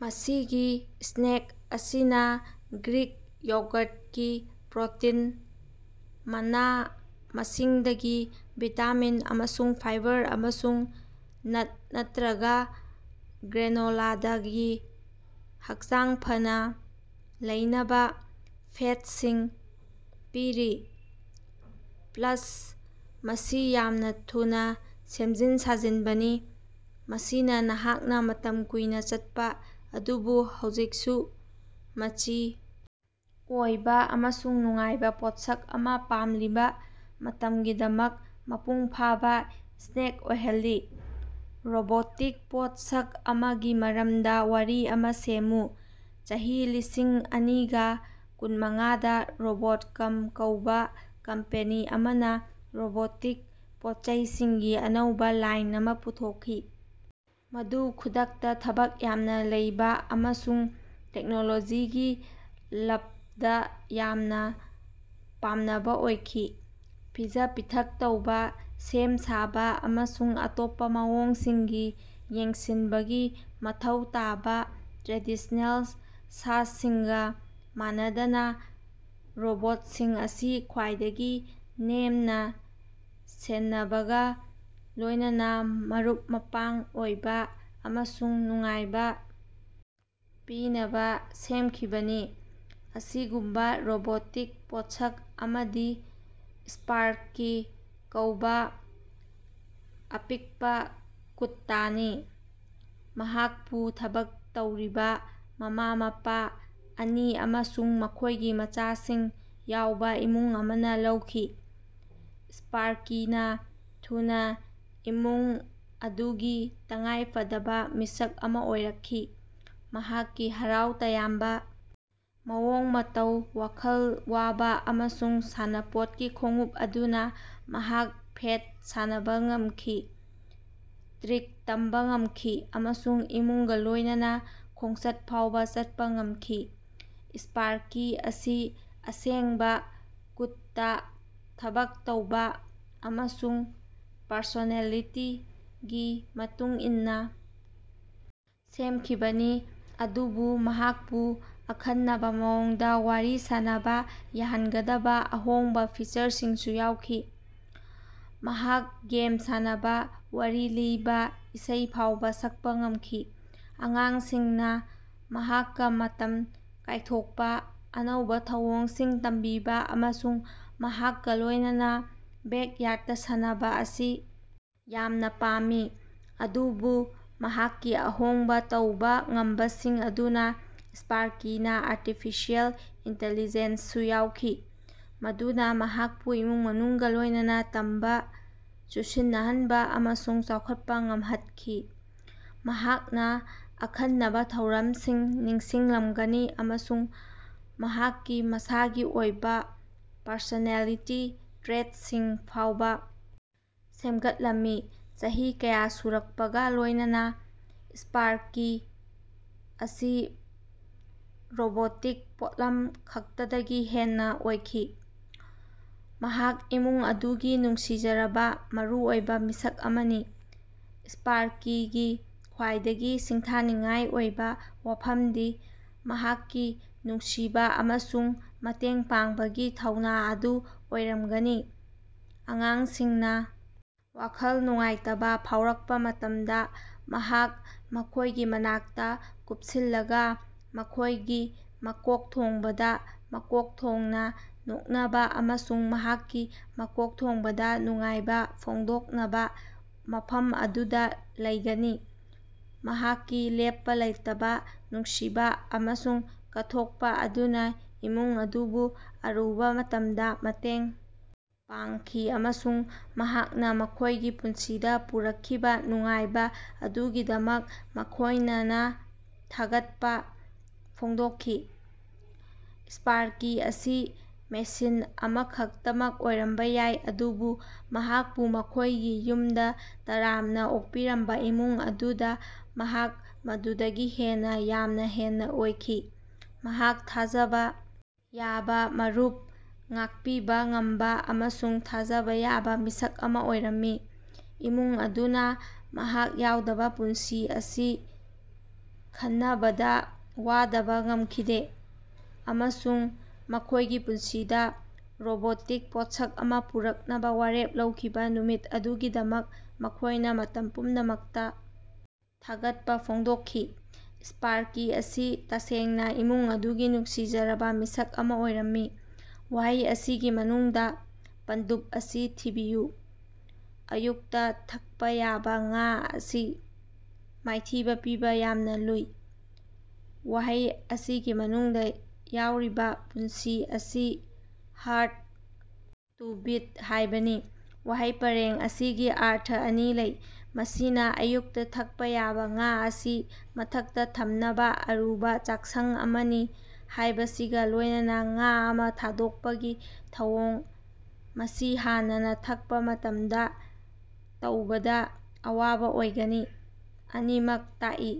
ꯃꯁꯤꯒꯤ ꯁ꯭ꯅꯦꯛ ꯑꯁꯤꯅ ꯒ꯭ꯔꯤꯛ ꯌꯣꯒꯔꯠꯒꯤ ꯄ꯭ꯔꯣꯇꯤꯟ, ꯃꯅꯥ-ꯃꯁꯤꯡꯗꯒꯤ ꯚꯤꯇꯥꯃꯤꯟ ꯑꯃꯁꯨꯡ ꯐꯥꯏꯕꯔ ꯑꯃꯁꯨꯡ ꯅꯠ ꯅꯠꯇ꯭ꯔꯒ ꯒ꯭ꯔꯦꯅꯣꯂꯥꯗꯒꯤ ꯍꯛꯆꯥꯡ ꯐꯅ ꯂꯩꯅꯕ ꯐꯦꯠꯁꯤꯡ ꯄꯤꯔꯤ꯫ ꯄ꯭ꯂꯁ, ꯃꯁꯤ ꯌꯥꯝꯅꯥ ꯊꯨꯅꯥ ꯁꯦꯝꯖꯤꯟ ꯁꯥꯖꯤꯟꯕꯅꯤ, ꯃꯁꯤꯅ ꯅꯍꯥꯛꯅ ꯃꯇꯝ ꯀꯨꯏꯅ ꯆꯠꯄ ꯑꯗꯨꯕꯨ ꯍꯧꯖꯤꯛꯁꯨ ꯃꯆꯤ ꯑꯣꯏꯕ ꯑꯃꯁꯨꯡ ꯅꯨꯡꯉꯥꯏꯕ ꯄꯣꯠꯁꯛ ꯑꯃ ꯄꯥꯝꯂꯤꯕ ꯃꯇꯝꯒꯤꯗꯃꯛ ꯃꯄꯨꯡ ꯐꯥꯕ ꯁ꯭ꯅꯦꯛ ꯑꯣꯏꯍꯜꯂꯤ꯫ ꯔꯣꯕꯣꯇꯤꯛ ꯄꯣꯠꯁꯛ ꯑꯃꯒꯤ ꯃꯔꯝꯗ ꯋꯥꯔꯤ ꯑꯃ ꯁꯦꯝꯃꯨ꯫ ꯆꯍꯤ ꯂꯤꯁꯤꯡ ꯑꯅꯤꯒ ꯀꯨꯟꯃꯉꯥꯗ ꯔꯣꯕꯣꯠꯀꯝ ꯀꯧꯕ ꯀꯝꯄꯦꯅꯤ ꯑꯃꯅ ꯔꯣꯕꯣꯇꯤꯛ ꯄꯣꯠꯆꯩꯁꯤꯡꯒꯤ ꯑꯅꯧꯕ ꯂꯥꯏꯟ ꯑꯃ ꯄꯨꯊꯣꯛꯈꯤ ꯫ ꯃꯗꯨ ꯈꯨꯗꯛꯇ ꯊꯕꯛ ꯌꯥꯝꯅ ꯂꯩꯕ ꯑꯃꯁꯨꯡ ꯇꯦꯛꯅꯣꯂꯣꯖꯤꯒꯤ ꯂꯞꯗ ꯌꯥꯝꯅ ꯄꯥꯝꯅꯕ ꯑꯣꯏꯈꯤ꯫ ꯄꯤꯖ-ꯄꯤꯊꯛ ꯇꯧꯕ, ꯁꯦꯝ-ꯁꯥꯕ ꯑꯃꯁꯨꯡ ꯑꯇꯣꯞꯄ ꯃꯑꯣꯡꯁꯤꯡꯒꯤ ꯌꯦꯡꯁꯤꯟꯕꯒꯤ ꯃꯊꯧ ꯇꯥꯕ ꯇ꯭ꯔꯦꯗꯤꯁ꯭ꯅꯦꯜ ꯁꯥꯁꯤꯡꯒ ꯃꯥꯟꯅꯗꯅ, ꯔꯣꯕꯣꯠꯁꯤꯡ ꯑꯁꯤ ꯈ꯭ꯋꯥꯏꯗꯒꯤ ꯅꯦꯝꯅ ꯁꯦꯟꯅꯕꯒ ꯂꯣꯏꯅꯅ ꯃꯔꯨꯞ-ꯃꯄꯥꯡ ꯑꯣꯏꯕ ꯑꯃꯁꯨꯡ ꯅꯨꯡꯉꯥꯏꯕ ꯄꯤꯅꯕ ꯁꯦꯝꯈꯤꯕꯅꯤ꯫ ꯑꯁꯤꯒꯨꯝꯕ ꯔꯣꯕꯣꯇꯤꯛ ꯄꯣꯠꯁꯛ ꯑꯃꯗꯤ ꯁ꯭ꯄꯥꯔꯀꯤ ꯀꯧꯕ ꯑꯄꯤꯛꯄ ꯀꯨꯠꯇꯥꯅꯤ꯫ ꯃꯍꯥꯛꯄꯨ ꯊꯕꯛ ꯇꯧꯔꯤꯕ ꯃꯃꯥ-ꯃꯄꯥ ꯑꯅꯤ ꯑꯃꯁꯨꯡ ꯃꯈꯣꯏꯒꯤ ꯃꯆꯥꯁꯤꯡ ꯌꯥꯎꯕ ꯏꯃꯨꯡ ꯑꯃꯅ ꯂꯧꯈꯤ꯫ ꯁ꯭ꯄꯥꯔꯀꯤꯅ ꯊꯨꯅ ꯏꯃꯨꯡ ꯑꯗꯨꯒꯤ ꯇꯉꯥꯏꯐꯗꯕ ꯃꯤꯁꯛ ꯑꯃ ꯑꯣꯏꯔꯛꯈꯤ, ꯃꯍꯥꯛꯀꯤ ꯍꯔꯥꯎ ꯇꯌꯥꯝꯕ ꯃꯑꯣꯡ ꯃꯇꯧ, ꯋꯥꯈꯜ ꯋꯥꯕ ꯑꯃꯁꯨꯡ ꯁꯥꯟꯅꯄꯣꯠꯀꯤ ꯈꯣꯡꯎꯞ ꯑꯗꯨꯅ ꯃꯍꯥꯛ ꯐꯦꯠ ꯁꯥꯟꯅꯕ ꯉꯝꯈꯤ, ꯇ꯭ꯔꯤꯛ ꯇꯝꯕ ꯉꯝꯈꯤ ꯑꯃꯁꯨꯡ ꯏꯃꯨꯡꯒ ꯂꯣꯏꯅꯅ ꯈꯣꯡꯆꯠ ꯐꯥꯎꯕ ꯆꯠꯄ ꯉꯝꯈꯤ ꯫ ꯁ꯭ꯄꯥꯔꯀꯤ ꯑꯁꯤ ꯑꯁꯦꯡꯕ ꯀꯨꯠꯇꯥ ꯊꯕꯛ ꯇꯧꯕ ꯑꯃꯁꯨꯡ ꯄꯔꯁꯣꯅꯦꯂꯤꯇꯤꯒꯤ ꯃꯇꯨꯡ ꯏꯟꯅ ꯁꯦꯝꯈꯤꯕꯅꯤ, ꯑꯗꯨꯕꯨ ꯃꯍꯥꯛꯄꯨ ꯑꯈꯟꯅꯕ ꯃꯑꯣꯡꯗ ꯋꯥꯔꯤ ꯁꯥꯅꯕ ꯌꯥꯍꯟꯒꯗꯕ ꯑꯍꯣꯡꯕ ꯐꯤꯆꯔꯁꯤꯡꯁꯨ ꯌꯥꯎꯈꯤ꯫ ꯃꯍꯥꯛ ꯒꯦꯝ ꯁꯥꯟꯅꯕ, ꯋꯥꯔꯤ ꯂꯤꯕ, ꯏꯁꯩ ꯐꯥꯎꯕ ꯁꯛꯄ ꯉꯝꯈꯤ꯫ ꯑꯉꯥꯡꯁꯤꯡꯅ ꯃꯍꯥꯛꯀ ꯃꯇꯝ ꯀꯥꯏꯊꯣꯛꯄ, ꯑꯅꯧꯕ ꯊꯧꯑꯣꯡꯁꯤꯡ ꯇꯝꯕꯤꯕ ꯑꯃꯁꯨꯡ ꯃꯍꯥꯛꯀ ꯂꯣꯏꯅꯅ ꯕꯦꯛꯌꯥꯔꯗꯇ ꯁꯥꯟꯅꯕ ꯑꯁꯤ ꯌꯥꯝꯅ ꯄꯥꯝꯃꯤ꯫ ꯑꯗꯨꯕꯨ ꯃꯍꯥꯛꯀꯤ ꯑꯍꯣꯡꯕ ꯇꯧꯕ ꯉꯝꯕꯁꯤꯡ ꯑꯗꯨꯅ ꯁ꯭ꯄꯥꯔꯀꯤꯅ ꯑꯥꯔꯇꯤꯐꯤꯁꯤꯑꯦꯜ ꯏꯟꯇꯤꯂꯤꯖꯦꯟꯁꯁꯨ ꯌꯥꯎꯈꯤ ꯃꯗꯨꯅ ꯃꯍꯥꯛꯄꯨ ꯏꯃꯨꯡ ꯃꯅꯨꯡꯒ ꯂꯣꯏꯅꯅ ꯇꯝꯕ, ꯆꯨꯁꯤꯟꯅꯍꯟꯕ ꯑꯃꯁꯨꯡ ꯆꯥꯎꯈꯠꯄ ꯉꯝꯍꯠꯈꯤ꯫ ꯃꯍꯥꯛꯅ ꯑꯈꯟꯅꯕ ꯊꯧꯔꯝꯁꯤꯡ ꯅꯤꯡꯁꯤꯡꯂꯝꯒꯅꯤ ꯑꯃꯁꯨꯡ ꯃꯍꯥꯛꯀꯤ ꯃꯁꯥꯒꯤ ꯑꯣꯏꯕ ꯄꯔꯁꯣꯅꯦꯂꯤꯇꯤ ꯇ꯭ꯔꯦꯠꯁꯤꯡ ꯐꯥꯎꯕ ꯁꯦꯝꯒꯠꯂꯝꯃꯤ꯫ ꯆꯍꯤ ꯀꯌꯥ ꯁꯨꯔꯛꯄꯒ ꯂꯣꯏꯅꯅ ꯁ꯭ꯄꯥꯔꯀꯤ ꯑꯁꯤ ꯔꯣꯕꯣꯇꯤꯛ ꯄꯣꯠꯂꯝ ꯈꯛꯇꯗꯒꯤ ꯍꯦꯟꯅ ꯑꯣꯏꯈꯤ꯫ ꯃꯍꯥꯛ ꯏꯃꯨꯡ ꯑꯗꯨꯒꯤ ꯅꯨꯡꯁꯤꯖꯔꯕ, ꯃꯔꯨꯑꯣꯏꯕ ꯃꯤꯁꯛ ꯑꯃꯅꯤ꯫ ꯁ꯭ꯄꯥꯔꯀꯤꯒꯤ ꯈ꯭ꯋꯥꯏꯗꯒꯤ ꯁꯤꯡꯊꯥꯅꯤꯡꯉꯥꯏ ꯑꯣꯏꯕ ꯋꯥꯐꯝꯗꯤ ꯃꯍꯥꯛꯀꯤ ꯅꯨꯡꯁꯤꯕ ꯑꯃꯁꯨꯡ ꯃꯇꯦꯡ ꯄꯥꯡꯕꯒꯤ ꯊꯧꯅꯥ ꯑꯗꯨ ꯑꯣꯏꯔꯝꯒꯅꯤ꯫ ꯑꯉꯥꯡꯁꯤꯡꯅ ꯋꯥꯈꯜ ꯅꯨꯡꯉꯥꯏꯇꯕ ꯐꯥꯎꯔꯛꯄ ꯃꯇꯝꯗ ꯃꯍꯥꯛ ꯃꯈꯣꯏꯒꯤ ꯃꯅꯥꯛꯇ ꯀꯨꯞꯁꯤꯜꯂꯒ ꯃꯈꯣꯏꯒꯤ ꯃꯀꯣꯛꯊꯣꯡꯕꯗ ꯃꯀꯣꯛ ꯊꯣꯡꯅ ꯅꯣꯛꯅꯕ ꯑꯃꯁꯨꯡ ꯃꯍꯥꯛꯀꯤ ꯃꯀꯣꯛꯊꯣꯡꯕꯗ ꯅꯨꯡꯉꯥꯏꯕ ꯐꯣꯡꯗꯣꯛꯅꯕ ꯃꯐꯝ ꯑꯗꯨꯗ ꯂꯩꯒꯅꯤ꯫ ꯃꯍꯥꯛꯀꯤ ꯂꯦꯞꯄ ꯂꯩꯇꯕ ꯅꯨꯡꯁꯤꯕ ꯑꯃꯁꯨꯡ ꯀꯠꯊꯣꯛꯄ ꯑꯗꯨꯅ ꯏꯃꯨꯡ ꯑꯗꯨꯕꯨ ꯑꯔꯨꯕ ꯃꯇꯝꯗ ꯃꯇꯦꯡ ꯄꯥꯡꯈꯤ ꯑꯃꯁꯨꯡ ꯃꯍꯥꯛꯅ ꯃꯈꯣꯏꯒꯤ ꯄꯨꯟꯁꯤꯗ ꯄꯨꯔꯛꯈꯤꯕ ꯅꯨꯡꯉꯥꯏꯕ ꯑꯗꯨꯒꯤꯗꯃꯛ ꯃꯈꯣꯏꯅꯅ ꯊꯥꯒꯠꯄ ꯐꯣꯡꯗꯣꯛꯈꯤ꯫ ꯁ꯭ꯄꯥꯔꯀꯤ ꯑꯁꯤ ꯃꯦꯁꯤꯟ ꯑꯃꯈꯛꯇꯃꯛ ꯑꯣꯏꯔꯝꯕ ꯌꯥꯏ, ꯑꯗꯨꯕꯨ ꯃꯍꯥꯛꯄꯨ ꯃꯈꯣꯏꯒꯤ ꯌꯨꯝꯗ ꯇꯔꯥꯝꯅ ꯑꯣꯛꯄꯤꯔꯝꯕ ꯏꯃꯨꯡ ꯑꯗꯨꯗ ꯃꯍꯥꯛ ꯃꯗꯨꯗꯒꯤ ꯍꯦꯟꯅ ꯌꯥꯝꯅ ꯍꯦꯟꯅ ꯑꯣꯏꯈꯤ꯫ ꯃꯍꯥꯛ ꯊꯥꯖꯕ ꯌꯥꯕ ꯃꯔꯨꯞ, ꯉꯥꯛꯄꯤꯕ ꯉꯝꯕ ꯑꯃꯁꯨꯡ ꯊꯥꯖꯕ ꯌꯥꯕ ꯃꯤꯁꯛ ꯑꯃ ꯑꯣꯏꯔꯝꯃꯤ꯫ ꯏꯃꯨꯡ ꯑꯗꯨꯅ ꯃꯍꯥꯛ ꯌꯥꯎꯗꯕ ꯄꯨꯟꯁꯤ ꯑꯁꯤ ꯈꯅꯕꯗ ꯋꯥꯗꯕ ꯉꯝꯈꯤꯗꯦ ꯑꯃꯁꯨꯡ ꯃꯈꯣꯏꯒꯤ ꯄꯨꯟꯁꯤꯗ ꯔꯣꯕꯣꯇꯤꯛ ꯄꯣꯠꯁꯛ ꯑꯃ ꯄꯨꯔꯛꯅꯕ ꯋꯥꯔꯦꯞ ꯂꯧꯈꯤꯕ ꯅꯨꯃꯤꯠ ꯑꯗꯨꯒꯤꯗꯃꯛ ꯃꯈꯣꯏꯅ ꯃꯇꯝ ꯄꯨꯝꯅꯃꯛꯇ ꯊꯥꯒꯠꯄ ꯐꯣꯡꯗꯣꯛꯈꯤ꯫ ꯁ꯭ꯄꯥꯔꯀꯤ ꯑꯁꯤ ꯇꯁꯦꯡꯅ ꯏꯃꯨꯡ ꯑꯗꯨꯒꯤ ꯅꯨꯡꯁꯤꯖꯔꯕ ꯃꯤꯁꯛ ꯑꯃ ꯑꯣꯏꯔꯝꯃꯤ꯫ ꯋꯥꯍꯩ ꯑꯁꯤꯒꯤ ꯃꯅꯨꯡꯗ ꯄꯟꯗꯨꯞ ꯑꯁꯤ ꯊꯤꯕꯤꯌꯨ ꯑꯌꯨꯛꯇ ꯊꯛꯄ ꯌꯥꯕ ꯉꯥ ꯑꯁꯤ ꯃꯥꯏꯊꯤꯕ ꯄꯤꯕ ꯌꯥꯝꯅ ꯂꯨꯏ꯫ ꯋꯥꯍꯩ ꯑꯁꯤꯒꯤ ꯃꯅꯨꯡꯗ ꯌꯥꯎꯔꯤꯕ ꯄꯨꯟꯁꯤ ꯑꯁꯤ "ꯍꯥꯔꯗ ꯇꯨ ꯕꯤꯠ" ꯍꯥꯏꯕꯅꯤ꯫ ꯋꯥꯍꯩ ꯄꯔꯦꯡ ꯑꯁꯤꯒꯤ ꯑꯔꯊ ꯑꯅꯤ ꯂꯩ: ꯃꯁꯤꯅ ꯑꯌꯨꯛꯇ ꯊꯛꯄ ꯌꯥꯕ ꯉꯥ ꯑꯁꯤ ꯃꯊꯛꯇ ꯊꯝꯅꯕ ꯑꯔꯨꯕ ꯆꯥꯛꯁꯪ ꯑꯃꯅꯤ ꯍꯥꯏꯕꯁꯤꯒ ꯂꯣꯏꯅꯅ ꯉꯥ ꯑꯃ ꯊꯥꯗꯣꯛꯄꯒꯤ ꯊꯧꯑꯣꯡ (ꯃꯁꯤ ꯍꯥꯟꯅꯅ ꯊꯛꯄ ꯃꯇꯝꯗ ꯇꯧꯕꯗ ꯑꯋꯥꯕ ꯑꯣꯏꯒꯅꯤ) ꯑꯅꯤꯃꯛ ꯇꯥꯛꯏ꯫